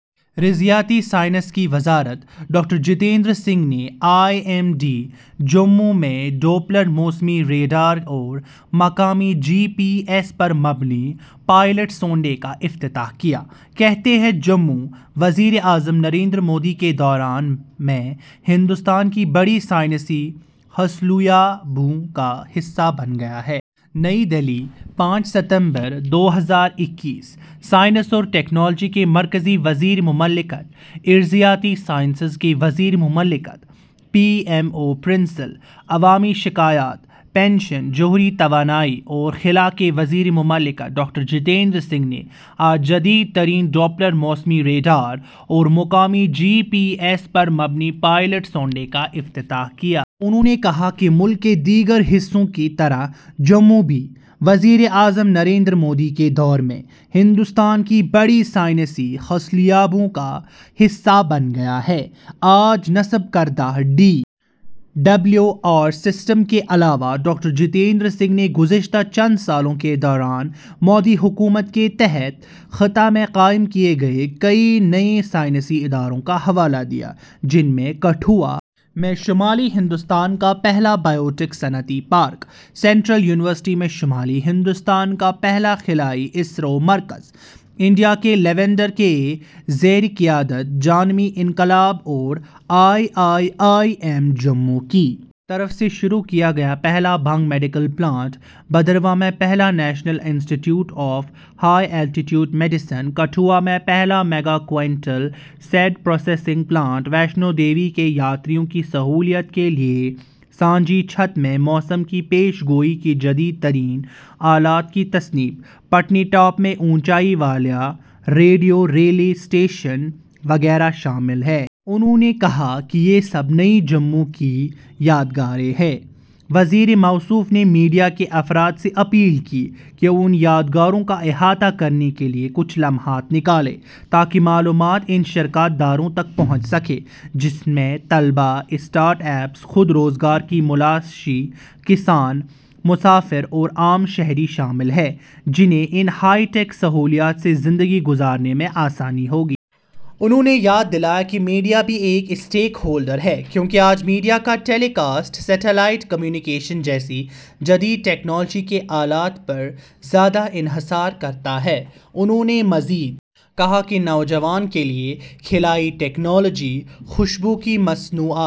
رضیاتی science کی وزارت: doctor Jitendra Singh نے آئی ایم ڈی، جموں میں ڈوپلر موسمی ریڈار اور مقامی جی پی ایس پر مبنی ’پائلٹ سونڈے‘ کا افتتاح کیا۔ کہتے ہیں، جموں، وزیر اعظم نریندر مودی کے دور میں ہندوستان کی بڑی سائنسی حصولیابیوں کا حصہ بن گیا ہے۔ نئی دہلی، پانچ ستمبر دو ہزار اکیس: سائنس اور ٹیکنالوجی کے مرکزی وزیر مملکت، ارضیاتی سائنسز کے وزیر مملکت، پی ایم او، پرسنل، عوامی شکایات، پنشن، جوہری توانائی اور خلا کے وزیر مملکت ڈاکٹر جتیندر سنگھ نے آج جدید ترین ڈوپلر موسمی ریڈار اور مقامی جی پی ایس پر مبنی پائلٹ سونڈے کا افتتاح کیا۔ انہوں نے کہا کہ ملک کے دیگر حصوں کی طرح جموں بھی، وزیر اعظم نریندر مودی کے دور میں، ہندوستان کی بڑی سائنسی حصولیابیوں کا حصہ بن گیا ہے۔ آج نصب کردہ ڈی ڈبلیو آر سسٹم کے علاوہ، ڈاکٹر جتیندر سنگھ نے گزشتہ چند سالوں کے دوران مودی حکومت کے تحت خطے میں قائم کیے گئے کئی نئے سائنسی اداروں کا حوالہ دیا، جن میں کٹھوعہ میں شمالی ہندوستان کا پہلا بائیوٹیک صنعتی پارک، سنٹرل یونیورسٹی میں شمالی ہندوستان کا پہلا خلائی، اسرو مرکز، انڈیا کے لیونڈر کے زیرِ قیادت جامنی انقلاب اور آئی آئی آئی ایم جموں کی طرف سے شروع کیا گیا پہلا بھنگ میڈیکل پلانٹ، بھدرواہ میں پہلا national institute of high altitude medicine, Kathua میں پہلا mega quintal seed processing plant, Vaishno Devi کے یاتریوں کی سہولت کے لیے سانجھی چھت میں موسم کی پیش گوئی کے جدید ترین آلات کی تنصیب، پٹنی ٹاپ میں اونچائی والا ریڈیو ریلے اسٹیشن وغیرہ شامل ہیں۔ انہوں نے کہا کہ یہ سب نئی جموں کی یادگاریں ہیں۔ وزیر موصوف نے میڈیا کے افراد سے اپیل کی کہ وہ ان یادگاروں کا احاطہ کرنے کے لیے کچھ لمحات نکالیں تاکہ معلومات ان شراکت داروں تک پہنچ سکے جن میں طلباء، اسٹارٹ اپس، خود روزگار کے متلاشی، کسان، مسافر اور عام شہری شامل ہیں، جنہیں ان ہائی ٹیک سہولیات سے زندگی گزارنے میں آسانی ہوگی۔ انہوں نے یاد دلایا کہ میڈیا بھی ایک اسٹیک ہولڈر ہے کیونکہ آج میڈیا کا ٹیلی کاسٹ سیٹلائٹ کمیونیکیشن جیسی جدید ٹیکنالوجی کے آلات پر بہت زیادہ انحصار کرتا ہے۔ انہوں نے مزید کہا کہ نوجوانوں کے لیے خلائی ٹیکنالوجی، خوشبو کی مصنوعات